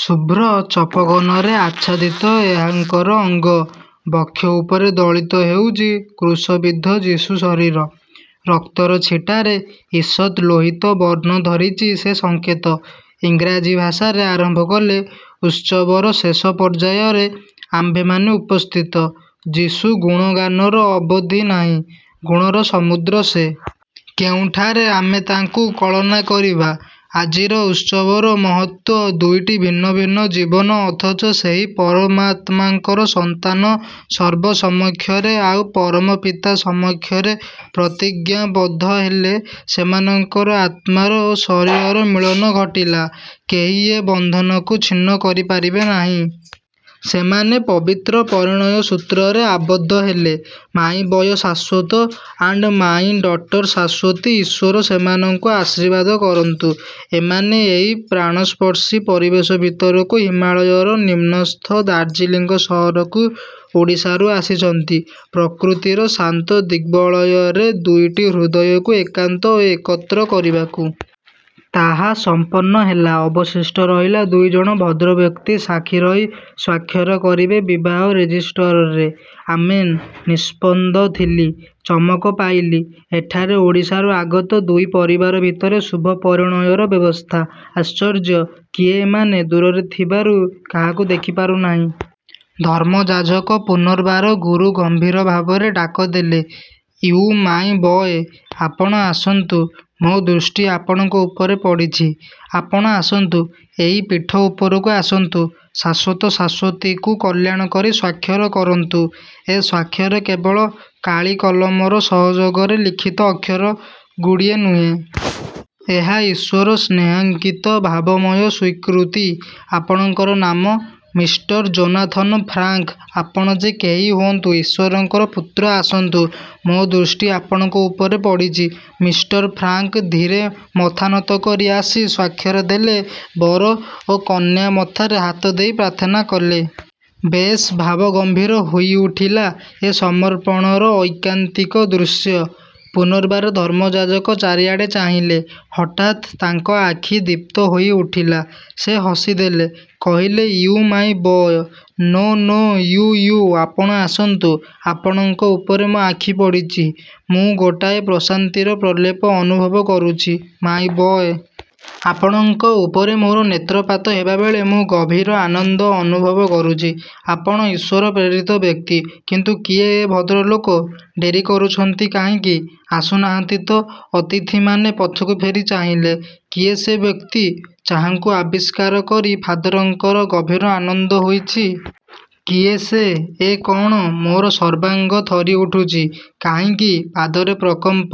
ଶୁଭ୍ର ଚପକନରେ ଆଚ୍ଛାଦିତ ଏହାଙ୍କର ଅଙ୍ଗ। ବକ୍ଷ ଉପରେ ଦୋଳିତ ହେଉଛି କୃଶବିଦ୍ଧ ଯିଶୁ ଶରୀର। ରକ୍ତର ଛିଟାରେ ଈଷତ୍ ଲୋହିତ ବର୍ଣ୍ଣ ଧରିଛି ସେ ସଙ୍କେତ। ଇଂରାଜୀ ଭାଷାରେ ଆରମ୍ଭକଲେ-"ଉତ୍ସବର ଶେଷ ପର୍ଯ୍ୟାୟରେ ଆମ୍ଭେମାନେ ଉପସ୍ଥିତ। ଯିଶୁଗୁଣଗାନର ଅବଧି ନାହିଁ। ଗୁଣର ସମୁଦ୍ର ସେ। କେଉଁଠାରେ ଆମେ ତାଙ୍କୁ କଳନା କରିବା? ଆଜିର ଉତ୍ସବର ମହତ୍ତ୍ଵ ଦୁଇଟି ଭିନ୍ନ ଭିନ୍ନ ଜୀବନ ଅଥଚ ସେହି ପରମାତ୍ମାଙ୍କର ସନ୍ତାନ ସର୍ବସମକ୍ଷରେ ଆଉ ପରମ ପିତା ସମକ୍ଷରେ ପ୍ରତିଜ୍ଞାବଦ୍ଧହେଲେ, ସେମାନଙ୍କର ଆତ୍ମାର ଓ ଶରୀରର ମିଳନ ଘଟିଲା। କେହି ଏ ବନ୍ଧନକୁ ଛିନ୍ନ କରିପାରିବେ ନାହିଁ। ସେମାନେ ପବିତ୍ର ପରିଣୟ ସୂତ୍ରରେ ଆବଦ୍ଧ ହେଲେ। My boy Shashwat and my daughter Shashwati. ଈଶ୍ୱର ସେମାନଙ୍କୁ ଆଶୀର୍ବାଦ କରନ୍ତୁ। ଏମାନେ ଏହି ପ୍ରାଣସ୍ପର୍ଶୀ ପରିବେଶ ଭିତରକୁ, ହିମାଳୟର ନିମ୍ନସ୍ଥ ଦାର୍ଜିଲିଙ୍ଗ ସହରକୁ ଓଡ଼ିଶାରୁ ଆସିଛନ୍ତି ପ୍ରକୃତିର ଶାନ୍ତ ଦିଗ୍ବଳୟରେ ଦୁଇଟି ହୃଦୟକୁ ଏକାନ୍ତ ଓ ଏକତ୍ର କରିବାକୁ। ତାହା ସମ୍ପନ୍ନ ହେଲା। ଅବଶିଷ୍ଟ ରହିଲା ଦୁଇଜଣ ଭଦ୍ରବ୍ୟକ୍ତି ସାକ୍ଷୀ ରହି ସ୍ୱାକ୍ଷର କରିବେ ବିବାହ ରେଜିଷ୍ଟରରେ… ଆମେନ୍। ନିଷ୍ପନ୍ଦ ଥିଲି। ଚମକ ପାଇଲି। ଏଠାରେ ଓଡ଼ିଶାରୁ ଆଗତ ଦୁଇ ପରିବାର ଭିତରେ ଶୁଭ ପରିଣୟର ବ୍ୟବସ୍ଥା! ଆଶ୍ଚର୍ଯ୍ୟ? କିଏ ଏମାନେ। ଦୂରରେ ଥିବାରୁ କାହାକୁ ମୁଁ ଦେଖିପାରୁନାହିଁ। ଧର୍ମଯାଜକ ପୁନର୍ବାର ଗୁରୁଗମ୍ଭୀରଭାବରେ ଡାକଦେଲେ–ୟୁ ମାଇଁ ବୟ, ଆପଣ ଆସନ୍ତୁ। ମୋ ଦୃଷ୍ଟି ଆପଣଙ୍କ ଉପରେ ପଡ଼ିଛି। ଆପଣ ଆସନ୍ତୁ, ଏଇ ପୀଠ ଉପରକୁ ଆସନ୍ତୁ, ଶାଶ୍ଵତ ଶାଶ୍ଵତୀକୁ କଲ୍ୟାଣ କରି ସ୍ୱାକ୍ଷର କରନ୍ତୁ। ଏ ସ୍ୱାକ୍ଷର କେବଳ କାଳି କଲମର ସହଯୋଗରେ ଲିଖିତ ଅକ୍ଷର–ଗୁଡ଼ିଏ ନୁହେଁ। ଏହା ଈଶ୍ୱର ସ୍ନେହାଙ୍କିତ ଭାବମୟ ସ୍ୱୀକୃତି। ଆପଣଙ୍କର ନାମ? "-ମିଷ୍ଟର ଯୋନାଥନ ଫ୍ରାଙ୍କ୍ ଆପଣ ଯେ କେହି ହୁଅନ୍ତୁ–ଈଶ୍ୱରଙ୍କର ପୁତ୍ର ଆସନ୍ତୁ। ମୋ ଦୃଷ୍ଟି ଆପଣଙ୍କ ଉପରେ ପଡ଼ିଛି। " ମିଷ୍ଟର ଫ୍ରାଙ୍କ ଧୀରେ ମଥା ନତ କରି ଆସି ସ୍ୱାକ୍ଷର ଦେଲେ। ବର ଓ କନ୍ୟା ମଥାରେ ହାତଦେଇ ପ୍ରାର୍ଥନା କଲେ। ବେଶ୍ ଭାବଗମ୍ଭୀର ହୋଇଉଠିଲା ଏ ସର୍ମପଣର ଐକାନ୍ତିକ ଦୃଶ୍ୟ। ପୁନର୍ବାର ଧର୍ମଯାଜକ ଚାରିଆଡ଼େ ଚାହିଁଲେ। ହଠାତ୍ ତାଙ୍କ ଆଖି ଦୀପ୍ତ ହୋଇଉଠିଲା-। ସେ ହସିଦେଲେ। କହିଲେ–ୟୁ my boy! No no you, you ଆପଣ ଆସନ୍ତୁ। ଆପଣଙ୍କ ଉପରେ ମୋ ଆଖି ପଡ଼ିଛି। ମୁଁ ଗୋଟାଏ ପ୍ରଶାନ୍ତିର ପ୍ରଲେପ ଅନୁଭବ କରୁଛି, ମାଇଁ ବୟ! ଆପଣଙ୍କ ଉପରେ ମୋର ନେତ୍ରପାତ ହେବାବେଳେ ମୁଁ ଗଭୀର ଆନନ୍ଦ ଅନୁଭବ କରୁଛି। ଆପଣ ଈଶ୍ୱର-ପ୍ରେରିତ ବ୍ୟକ୍ତି। କିନ୍ତୁ କିଏ ଏ ଭଦ୍ରଲୋକ? ଡେରି କରୁଛନ୍ତି କାହିଁକି? ଆସୁ ନାହାନ୍ତି ତ? ଅତିଥିମାନେ ପଛକୁ ଫେରି ଚାହିଁଲେ। କିଏ ସେ ବ୍ୟକ୍ତି–ଯାହାଙ୍କୁ ଆବିଷ୍କାର କରି ଫାଦରଙ୍କର ଗଭୀର ଆନନ୍ଦ ହୋଇଛି? କିଏ ସେ? ଏ କଅଣ? ମୋର ସର୍ବାଙ୍ଗ ଥରିଉଠୁଛି କାହିଁକି? ପାଦରେ ପ୍ରକମ୍ପ।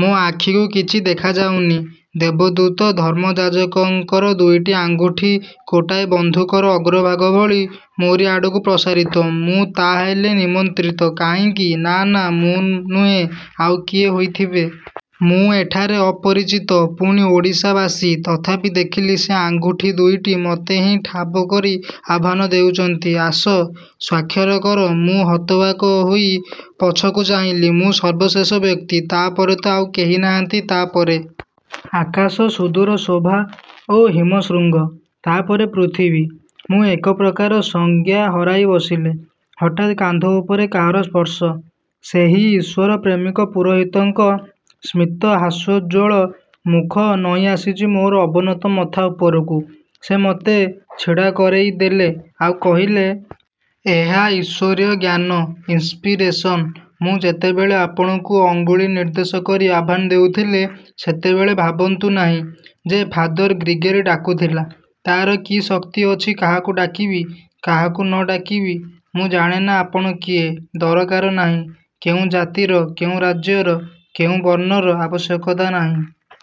ମୋ ଆଖିକୁ କିଛି ଦେଖାଯାଉନି। ଦେବଦୂତ ଧର୍ମଯାଜକଙ୍କର ଦୁଇଟି ଆଙ୍ଗୁଠି ଗୋଟାଏ ବନ୍ଧୁକର ଅଗ୍ରଭାଗ ଭଳି ମୋରି ଆଡ଼କୁ ପ୍ରସାରିତ। ମୁଁ ତାହାହେଲେ ନିମନ୍ତ୍ରିତ? କାହିଁକି? ନା ନା, ମୁଁ ନୁହେଁ, ଆଉ କିଏ ହୋଇଥିବେ। ମୁଁ ଏଠାରେ ଅପରିଚିତ, ପୁଣି ଓଡ଼ିଶାବାସୀ। ତଥାପି ଦେଖିଲି ସେ ଆଙ୍ଗୁଠି ଦୁଇଟି ମତେ ହିଁ ଠାବକରି ଆହ୍ୱାନ ଦେଉଛନ୍ତି... ଆସ, ସ୍ୱାକ୍ଷର କର। ମୁଁ ହତବାକ୍ ହୋଇ ପଛକୁ ଚାହିଁଲି। ମୁଁ ସର୍ବଶେଷ ବ୍ୟକ୍ତି। ତା ପରେ ତ ଆଉ କେହି ନାହାନ୍ତି? ତାପରେ... ଆକାଶ, ସୁଦୂର ଶୋଭା ଓ ହିମଶୃଙ୍ଗ... ତା'ପରେ ପୃଥିବୀ। ମୁଁ ଏକପ୍ରକାର ସଂଜ୍ଞା ହରାଇ ବସିଲି। ହଠାତ୍ କାନ୍ଧ ଉପରେ କାହାର ସ୍ପର୍ଶ। ସେହି ଈଶ୍ୱର ପ୍ରେମିକ ପୁରୋହିତଙ୍କ ସ୍ମିତ ହାସ୍ୟୋଜ୍ଜ୍ୱଳ ମୁଖ ନଇଁଆସିଛି ମୋର ଅବନତ ମଥା ଉପରକୁ। ସେ ମତେ ଛିଡ଼ାକରେଇଦେଲେ, ଆଉ କହିଲେ... "ଏହା ଈଶ୍ୱରୀୟ ଜ୍ଞାନ ଇନ୍ସ୍ପିରେସନ। ମୁଁ ଯେତେବେଳେ ଆପଣଙ୍କୁ ଅଙ୍ଗୁଳି ନିର୍ଦ୍ଦେଶ କରି ଆହ୍ୱାନ ଦେଉଥିଲେ, ସେତେବେଳେ ଭାବନ୍ତୁ ନାହିଁ ଯେ ଫାଦର ଗ୍ରିଗେରୀ ଡାକୁଥିଲା-। ତା'ର କି ଶକ୍ତି ଅଛି କାହାକୁ ଡାକିବି, କାହାକୁ ନ ଡାକିବି? ମୁଁ ଜାଣେନା ଆପଣ କିଏ-। ଦରକାର ନାହିଁ। କେଉଁ ଜାତିର, କେଉଁ ରାଜ୍ୟର, କେଉଁ ବର୍ଣ୍ଣର-ଆବଶ୍ୟକତା ନାହିଁ।